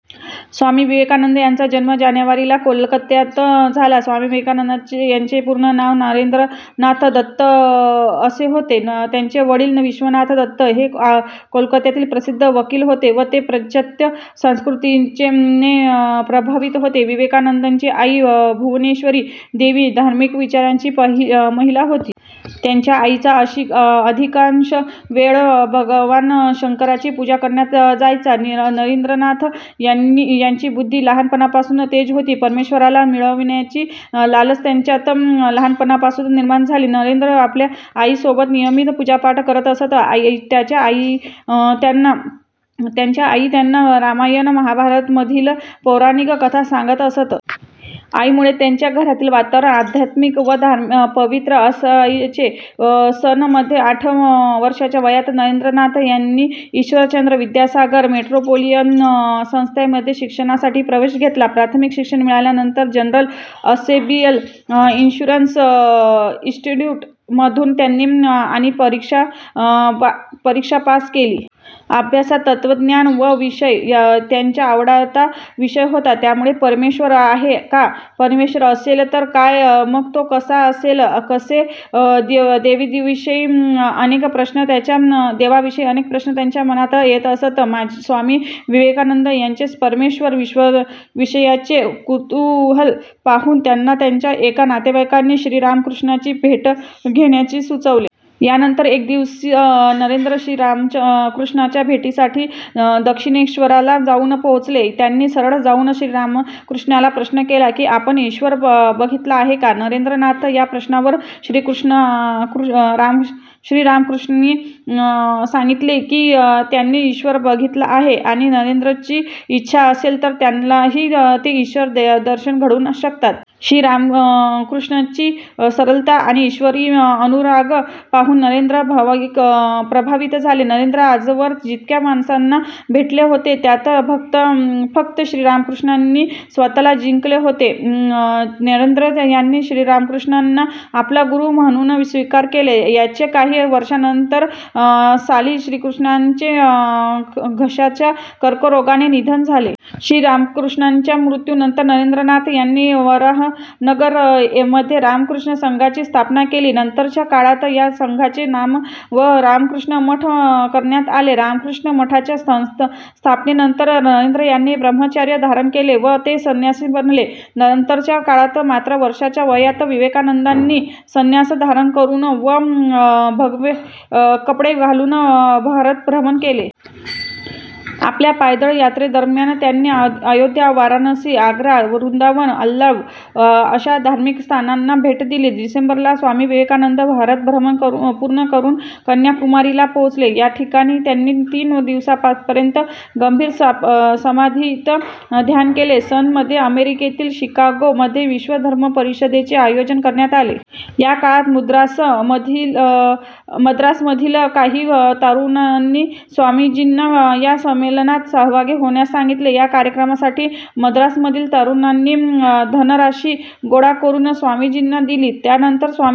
स्वामी विवेकानंद यांचा जन्म जानेवारी ला कोलकत्यात झाला. स्वामी विवेकानंद यांचे पूर्ण नाव नरेंद्रनाथ दत्त असे होते. त्यांचे वडील विश्वनाथ दत्त हे कोलकत्यातील प्रसिद्ध वकील होते व ते पाश्चात्य संस्कृतीने प्रभावित होते. विवेकानंदांची आई भुवनेश्वरी देवी धार्मिक विचाराची महिला होती. त्यांच्या आईचा अधिकांश वेळ भगवान शंकराची पूजा करण्यात जायचा. नरेंद्रनाथ यांची बुद्धी लहानपणापासूनच तेज होती. परमेश्वराला मिळविण्याची लालसा त्यांच्यात लहानपणापासूनच निर्माण झाली. नरेंद्र आपल्या आई सोबत नियमित पूजापाठ करत असत. त्यांच्या आई त्यांना रामायण महाभारत मधील पौराणिक कथा सांगत असत. आईमुळे त्यांच्या घरातील वातावरण अध्यात्मिक व पवित्र असायचे. सन मध्ये आठ वर्षाच्या वयात नरेंद्रनाथ यांनी ईश्वरचंद्र विद्यासागर मेट्रोपोलिटिअन संस्था मध्ये शिक्षणासाठी प्रवेश घेतला. प्राथमिक शिक्षण मिळवल्यानंतर जनरल असेंबली इन्स्टिट्यूशन मधून त्यांनी आणि परीक्षा पास केल्या. अभ्यासात तत्वज्ञान हा विषय त्यांच्या आवडता विषय होता. यामुळे परमेश्वर आहे का? परमेश्वर असेल तर मग तो कसा असेल? असे देवाविषयी अनेक प्रश्न त्यांच्या मनात येत असत. स्वामी विवेकानंद यांचे परमेश्वरा विषयीयीचे कुतूहल पाहून त्यांना त्यांच्या एका नातेवाईकांनी श्रीरामकृष्णाची भेट घेण्याचे सुचवले. यानंतर एक दिवस नरेंद्र श्रीरामकृष्णांच्या भेटीसाठी दक्षिणेश्वराला जाऊन पोहोचले. त्यांनी सरळ जाऊन श्रीरामकृष्णांना प्रश्न केला की "आपण ईश्वर बघितला आहे का? " नरेंद्रनाथांच्या या प्रश्नावर श्रीरामकृष्णी सांगितले की त्यांनी ईश्वर बघितला आहे आणि नरेंद्रची इच्छा असेल तर त्यालाही ते ईश्वर दर्शन घडवू शकतात. श्रीरामकृष्णाची सरलता आणि ईश्वरी अनुराग पाहून नरेंद्र प्रभावित झाले. नरेंद्र आजवर जितक्या माणसांना भेटले होते त्यात फक्त श्रीरामकृष्णांनी स्वतःला जिंकले होते. नरेंद्र यांनी श्रीरामकृष्णाना आपला गुरु म्हणून स्वीकार केले. याच्या काही वर्षानंतर साली श्रीरामकृष्णांचे घशाच्या कर्करोगाने निधन झाले. श्रीराम कृष्णांच्या मृत्यूनंतर नरेंद्रनाथ यांनी वराहनगर मध्ये रामकृष्ण संघाची स्थापना केली. नंतरच्या काळात या संघाचे नाव रामकृष्ण मठ करण्यात आले. रामकृष्ण मठाच्या स्थापनेनंतर नरेंद्र यांनी ब्रह्मचर्य धारण केले व ते संन्यासी बनले. नंतरच्या काळात मात्र वर्षाच्या वयात विवेकानंदांनी संन्यास धारण करून व भगवेकपडे घालून भारतभ्रमण केले. आपल्या पायदळ यात्रेदरम्यान त्यांनी आयोध्या, वाराणसी, आग्रा, वृंदावन, अल्वर अशा धार्मिक स्थळांना भेट दिली. डिसेंबर ला स्वामी विवेकानंद भारत-भ्रमण पूर्ण करून कन्याकुमारी ला पोहोचले. याठिकाणी त्यांनी तीन दिवसांपर्यंत गंभीर समाधीत ध्यान केले. सन मध्ये अमेरिकेतील शिकागो मध्ये विश्व धर्म परिषदेचे आयोजन करण्यात आले. या काळात मद्रास मधील काही तरुणांनी स्वामीजींना या संमेलनात सहभागी होण्यास सांगितले. या कार्यासाठी मद्रासमधील तरुणांनी धनराशी गोळा करून स्वामीजींना दिली. यानंतर स्वामी